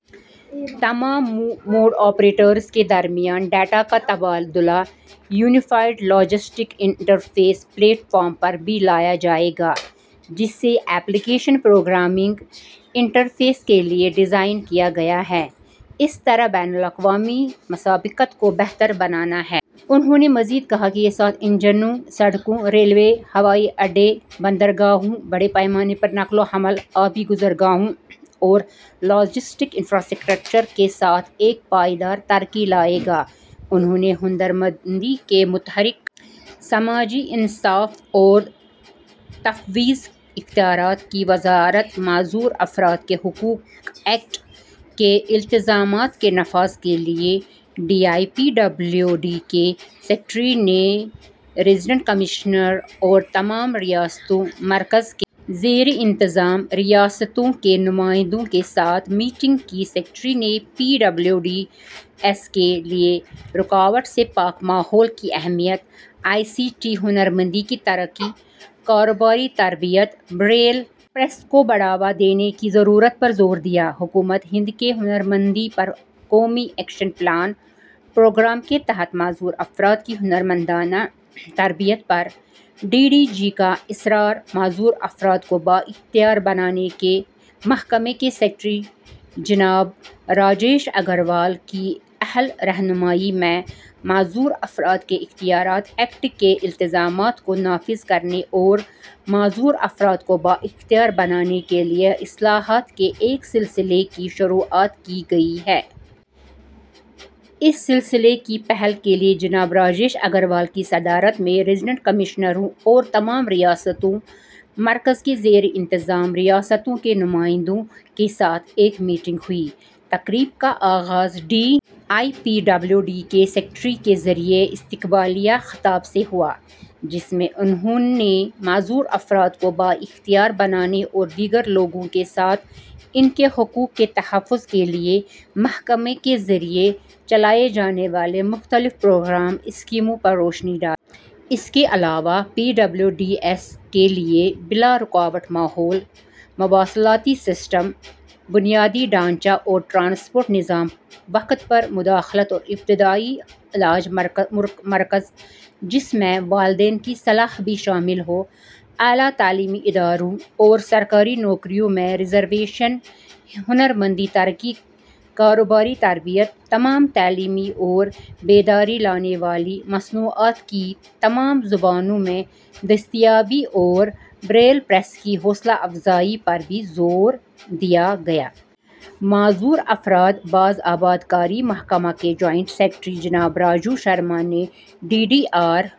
تمام mode operators کے درمیان ڈیٹا کا تبادلہ unified logistics interface platform پر بھی لایا جائے گا، جسے اپلیکیشن پروگرامنگ انٹرفیس کے لیے ڈیزائن کیا گیا ہے۔ اس طرح بین الاقوامی مسابقت کو بہتر بنانا ہے۔ انہوں نے مزید کہا کہ یہ سات انجنوں سڑکوں، ریلوے، ہوائی اڈے، بندرگاہوں، بڑے پیمانے پر نقل و حمل، آبی گزرگاہوں اور لاجسٹکس انفراسٹرکچر کے ساتھ ایک پائیدار ترقی لائے گا۔ انہوں نے ہنر مندی کے متحرک. سماجی انصاف اور تفویض اختیارات کی وزارت ''معذور افراد کے حقوق ایکٹ ''کے التزامات کے نفاذ کے لئے D E P W D کے سیکریٹری نے ریزینڈنٹ کمشنر اور تمام ریاستوں ؍مرکز کے زیر انتظام ریاستوں کے نمائندوں کے ساتھ میٹنگ کی سیکریٹری نے پی ڈبلیو ڈی ایس کے لئے رُکاوٹ سے پاک ماحول کی اہمیت، آئی سی ٹی ہنرمندی کی ترقی ؍کاروباری تربیت ، بریل پریس کو بڑھاوا دینے کی ضرورت پر زور دیا حکومت ہند کے ''ہنرمندی پر قومی ایکشن پلان''پروگرام کے تحت معذور افراد کی ہنرمندانہ تربیت پر ڈی ڈی جی کا اصرار معذور افراد کو بااختیار بنانے کے محکمے کے سیکریٹری جناب راجیش اگروال کی اہل رہنمائی میں ''معذور افراد کےاختیارات ایکٹ ''کے التزامات کو نافذ کرنے اور معذور افراد کو بااختیار بنانے کے لئےاصلاحات کے ایک سلسلے کی شروعا ت کی گئی ہے۔ اسی سلسلے کی پہل کے لئے جناب راجیش اگروال کی صدارت میں ریزیڈنٹ کمشنروں اور تمام ریاستوں؍ مرکز کے زیر انتظام ریاستوں کے نمائندوں کے ساتھ ایک میٹنگ ہوئی۔ تقریب کا آغاز D E P W D کے سیکریٹری کے ذریعے استقبالیہ خطاب سے ہوا، جس میں انہوں نے معذور افراد کو بااختیار بنانے اور دیگر لوگوں کے ساتھ ان کے حقوق کے تحفظ کے لئے محکمے کے ذریعے چلائے جانے والے مختلف پروگرام ؍اسکیموں پر روشنی ڈالی۔ اس کے علاوہ پی ڈبلیو ڈی ایس کے لئے بلارُکاوٹ ماحول ، مواصلاتی سسٹم، بنیادی ڈھانچہ اور ٹرانسپورٹ نظام، وقت پر مداخلت اور ابتدائی علاج مرکز ، جس میں والدین کی صلاح بھی شامل ہو، اعلیٰ تعلیمی اداروں اور سرکاری نوکریوں میں ریزرویشن، ہنرمندی ترقی؍کاروباری تربیت ، تمام تعلیمی اور بیداری لانے والی مصنوعات کی تمام زبانوں میں دستیابی اور بریل پریس کی حوصلہ افزائی پر بھی زو ردیا گیا۔ معذور افراد باز آبادکاری محکمہ کے جوائنٹ سیکریٹری جناب راجیو شرما نے ڈی ڈی آر